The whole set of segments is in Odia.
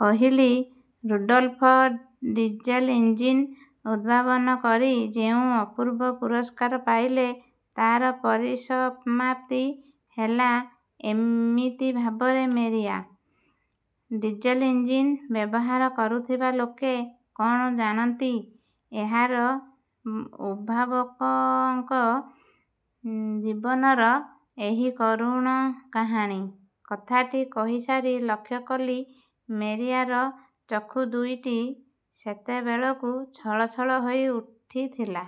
କହିଲି, ''ରୁଡ଼ଲ୍ଫ ଡିଜେଲ ଇଞ୍ଜିନ୍ ଉଦ୍ଭାବନ କରି ଯେଉଁ ଅପୂର୍ବ ପୁରସ୍କାର ପାଇଲେ, ତା'ର ପରିସମାପ୍ତି ହେଲା ଏମିତି ଭାବରେ ମେରିଆ। ଡିଜେଲ ଇଞ୍ଜିନ୍ ବ୍ୟବହାର କରୁଥିବା ଲୋକେ କ'ଣ ଜାଣନ୍ତି ଏହାର ଉଦ୍ଭାବକଙ୍କ ଜୀବନର ଏହି କରୁଣ କାହାଣୀ? କଥାଟି କହିସାରି ଲକ୍ଷ୍ୟକଲି ମେରିଆର ଚକ୍ଷୁ ଦୁଇଟି ସେତେବେଳକୁ ଛଳଛଳ ହୋଇ ଉଠିଥିଲା।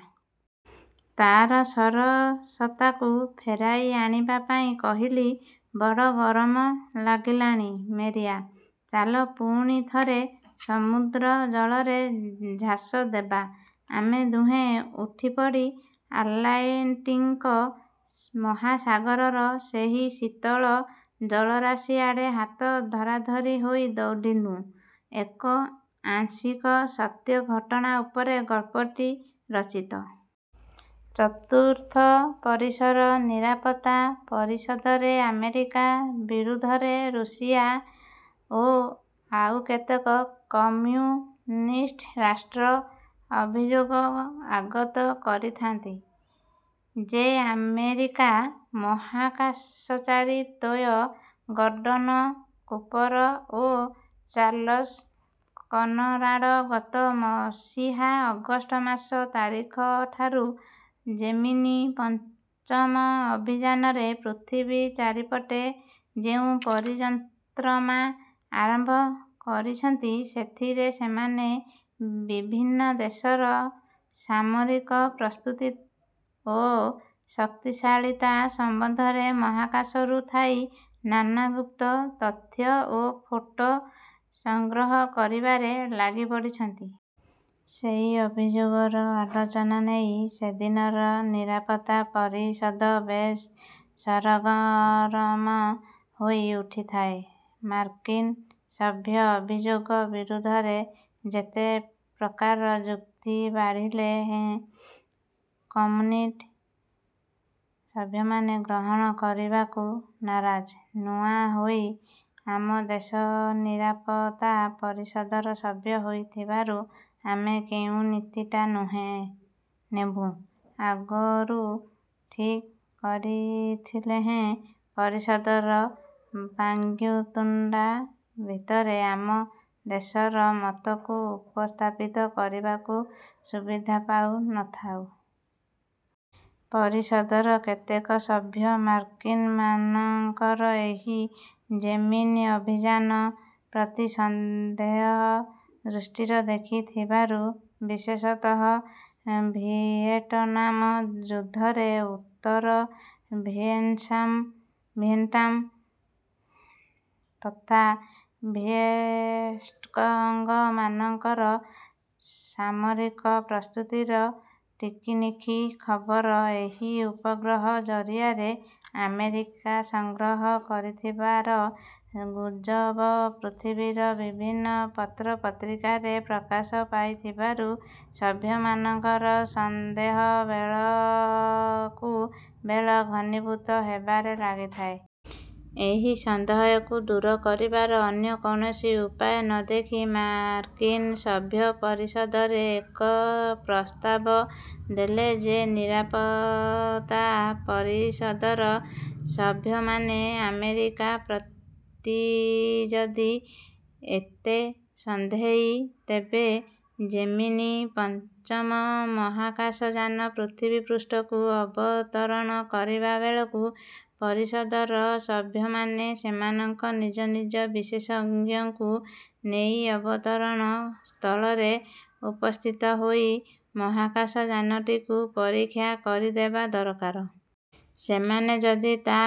ତାର ସରସତାକୁ ଫେରାଇ ଆଣିବା ପାଇଁ କହିଲି, ''ବଡ଼ ଗରମ ଲାଗିଲାଣି ମେରିଆ, ଚାଲ ପୁଣି ଥରେ ସମୁଦ୍ର ଜଳରେ ଝାସ ଦେବା। '' ଆମେ ଦୁହେଁ ଉଠିପଡ଼ି ଆଟଲାଣ୍ଟିକ ମହାସାଗରର ସେହି ଶୀତଳ ଜଳରାଶିଆଡ଼େ ହାତ ଧରାଧରି ହୋଇ ଦୌଡ଼ିଲୁଁ। ଏକ ଆଂଶିକ ସତ୍ୟ ଘଟଣା ଉପରେ ଗଳ୍ପଟି ରଚିତ। ଚତୁର୍ଥ ପରିସର ନିରାପତ୍ତା ପରିଷଦରେ ଆମେରିକା ବିରୁଦ୍ଧରେ ଋଷିଆ ଓ ଆଉ କେତେକ କମ୍ୟୁନିଷ୍ଟ ରାଷ୍ଟ୍ର ଅଭିଯୋଗ ଆଗତ କରିଥାନ୍ତି ଯେ ଆମେରିକା ମହାକାଶଚାରୀ ଦ୍ୱୟ ଗର୍ଡ଼ନ କୁପର ଓ ଚାର୍ଲସ କନରାଡ଼ ଗତ ମସିହା ଅଗଷ୍ଟ ମାସ ତାରିଖଠାରୁ ଯେମିନୀ ପଞ୍ଚମ ଅଭିଯାନରେ ପୃଥିବୀ ଚାରିପଟେ ଯେଉଁ ପରିନ୍ତ୍ରମା ଆରମ୍ବ କରିଛନ୍ତି, ସେଥିରେ ସେମାନେ ବିଭିନ୍ନ ଦେଶର ସାମରିକ ପ୍ରସ୍ତୁତି ଓ ଶକ୍ତିଶାଳୀତା ସମ୍ବନ୍ଧରେ ମହାକାଶରୁ ଥାଇ ନାନା ଗୁପ୍ତ ତଥ୍ୟ ଓ ଫଟୋ ସଂଗ୍ରହ କରିବାରେ ଲାଗିପଡ଼ିଛନ୍ତି। ସେଇ ଅଭିଯୋଗର ଆଲୋଚନା ନେଇ ସେଦିନର ନିରାପତ୍ତା ପରିଷଦ ବେଶ୍ ସରଗରମ ହୋଇ ଉଠିଥାଏ। ମାର୍କିନ ସଭ୍ୟ ଅଭିଯୋଗ ବିରୁଦ୍ଧରେ ଯେତେ ପ୍ରକାର ଯୁକ୍ତି ବାଢ଼ିଲେ ହେ କମ୍ୟୁନିଷ୍ଟ ସଭ୍ୟମାନେ ଗ୍ରହଣ କରିବାକୁ ନାରାଜ। ନୂଆହୋଇ ଆମ ଦେଶନିରାପତ୍ତା ପରିଷଦର ସଭ୍ୟ ହୋଇଥିବାରୁ ଆମେ କେଉଁ ନୀତିଟା ନେବୁଁ, ଆଗରୁ ଠିକ୍ କରିଥିଲେହେଁ ପରିଷଦର ବାଗ୍ବିତଣ୍ଡା ଭିତରେ ଆମ ଦେଶର ମତକୁ ଉପସ୍ଥାପିତ କରିବାକୁ ସୁବିଧା ପାଉ ନ ଥାଏ। ପରିଷଦର କେତେକ ସଭ୍ୟ ମାର୍କିନମାନଙ୍କର ଏହି ଜେମିନୀ ଅଭିଯାନ ପ୍ରତି ସନ୍ଦେହ ଦୃଷ୍ଟିର ଦେଖୁଥିବାରୁ ବିଶେଷତଃ ଭିଏଟନାମ ଯୁଦ୍ଧରେ ଉତ୍ତର ଭିଏଟ୍ନାମ ତଥା ଭିଏଟ୍କଙ୍ଗମାନଙ୍କର ସାମରିକ ପ୍ରସ୍ତୁତିର ଟିକିନିଖି ଖବର ଏହି ଉପଗ୍ରହ ଜରିଆରେ ଆମେରିକା ସଂଗ୍ରହ କରୁଥିବାର ଗୁଜବ ପୃଥିବୀର ବିଭିନ୍ନ ପତ୍ରପତ୍ରିକାରେ ପ୍ରକାଶ ପାଇଥିବାରୁ ସଭ୍ୟମାନଙ୍କର ସନ୍ଦେହବେଳକୁ ବେଳ ଘନୀଭୂତ ହେବାରେ ଲାଗିଥାଏ। ଏହି ସନ୍ଦେହକୁ ଦୂର କରିବାର ଅନ୍ୟ କୌଣସି ଉପାୟ ନ ଦେଖି ମାର୍କିନ ସଭ୍ୟ ପରିଷଦରେ ଏକ ପ୍ରସ୍ତାବ ଦେଲେ ଯେ ନିରାପତ୍ତା ପରିଷଦର ସଭ୍ୟମାନେ ଆମେରିକା ପ୍ରତି ଯଦି ଏତେ ସନ୍ଦେହୀ, ତେବେ ଜେମିନୀ-ପଞ୍ଚମ ମହାକାଶଯାନ ପୃଥିବୀପୃଷ୍ଠକୁ ଅବତରଣ କରିବା ବେଳକୁ ପରିଷଦର ସଭ୍ୟମାନେ ସେମାନଙ୍କ ନିଜ ନିଜ ବିଶେଷଜ୍ଞଙ୍କୁ ନେଇ ଅବତରଣ ସ୍ଥଳରେ ଉପସ୍ଥିତ ହୋଇ ମହାକାଶଯାନଟିକୁ ପରୀକ୍ଷା କରିନେବା ଦରକାର। ସେମାନେ ଯଦି ତା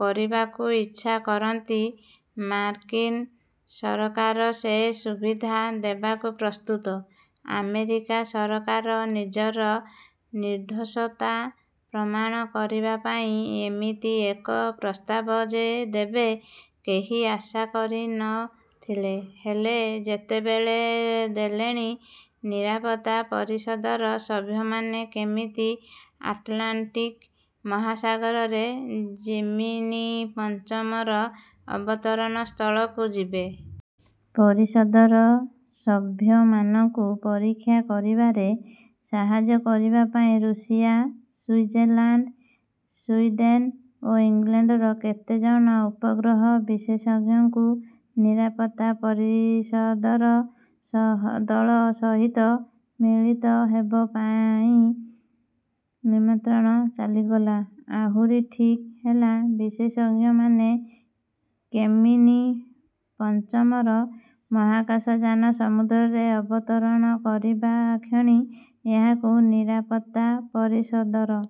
କରିବାକୁ ଇଚ୍ଛା କରନ୍ତି, ମାର୍କିନ ସରକାର ସେ ସୁବିଧା ଦେବାକୁ ପ୍ରସ୍ତୁତ। ଆମେରିକା ସରକାର ନିଜର ନିର୍ଦ୍ଦୋଷତା ପ୍ରମାଣ କରିବା ପାଇଁ ଏମିତି ଏକ ପ୍ରସ୍ତାବ ଯେ ଦେବେ, କେହି ଆଶା କରି ନ ଥିଲେ। ହେଲେ ଯେତେବେଳେ ଦେଲେଣି, ନିରାପତ୍ତା ପରିଷଦର ସଭ୍ୟମାନେ କେମିତି ଆଟଲାଣ୍ଟିକ ମହାସାଗରରେ ଜେମିନୀ ପଞ୍ଚମର ଅବତରଣ ସ୍ଥଳକୁ ଯିବେ। ପରିଷଦର ସଭ୍ୟମାନଙ୍କୁ ପରୀକ୍ଷା କରିବାରେ ସାହାଯ୍ୟ କରିବା ପାଇଁ ଋଷିଆ, ସୁଇଜେଲାଣ୍ଡ, ସୁଇଡେନ ଓ ଇଂଲଣ୍ଡର କେତେ ଜଣ ଉପଗ୍ରହ ବିଶେଷଜ୍ଞଙ୍କୁ ନିରାପତ୍ତା ପରିଷଦର ଦଳ ସହିତ ମଳିତ ହେବ ପାଇଁ ନିମନ୍ତ୍ରଣ ଚାଲିଗଲା-। ଆହୁରି ଠିକ୍ ହେଲା, ବିଶେଷଜ୍ଞମାନେ କେମିନୀ ପଞ୍ଚମର। ମହାକାଶଯାନ ସମୁଦ୍ରରେ ଅବତରଣ କରିବା କ୍ଷଣି ଏହାକୁ ନିରାପତ୍ତାପରିଷଦର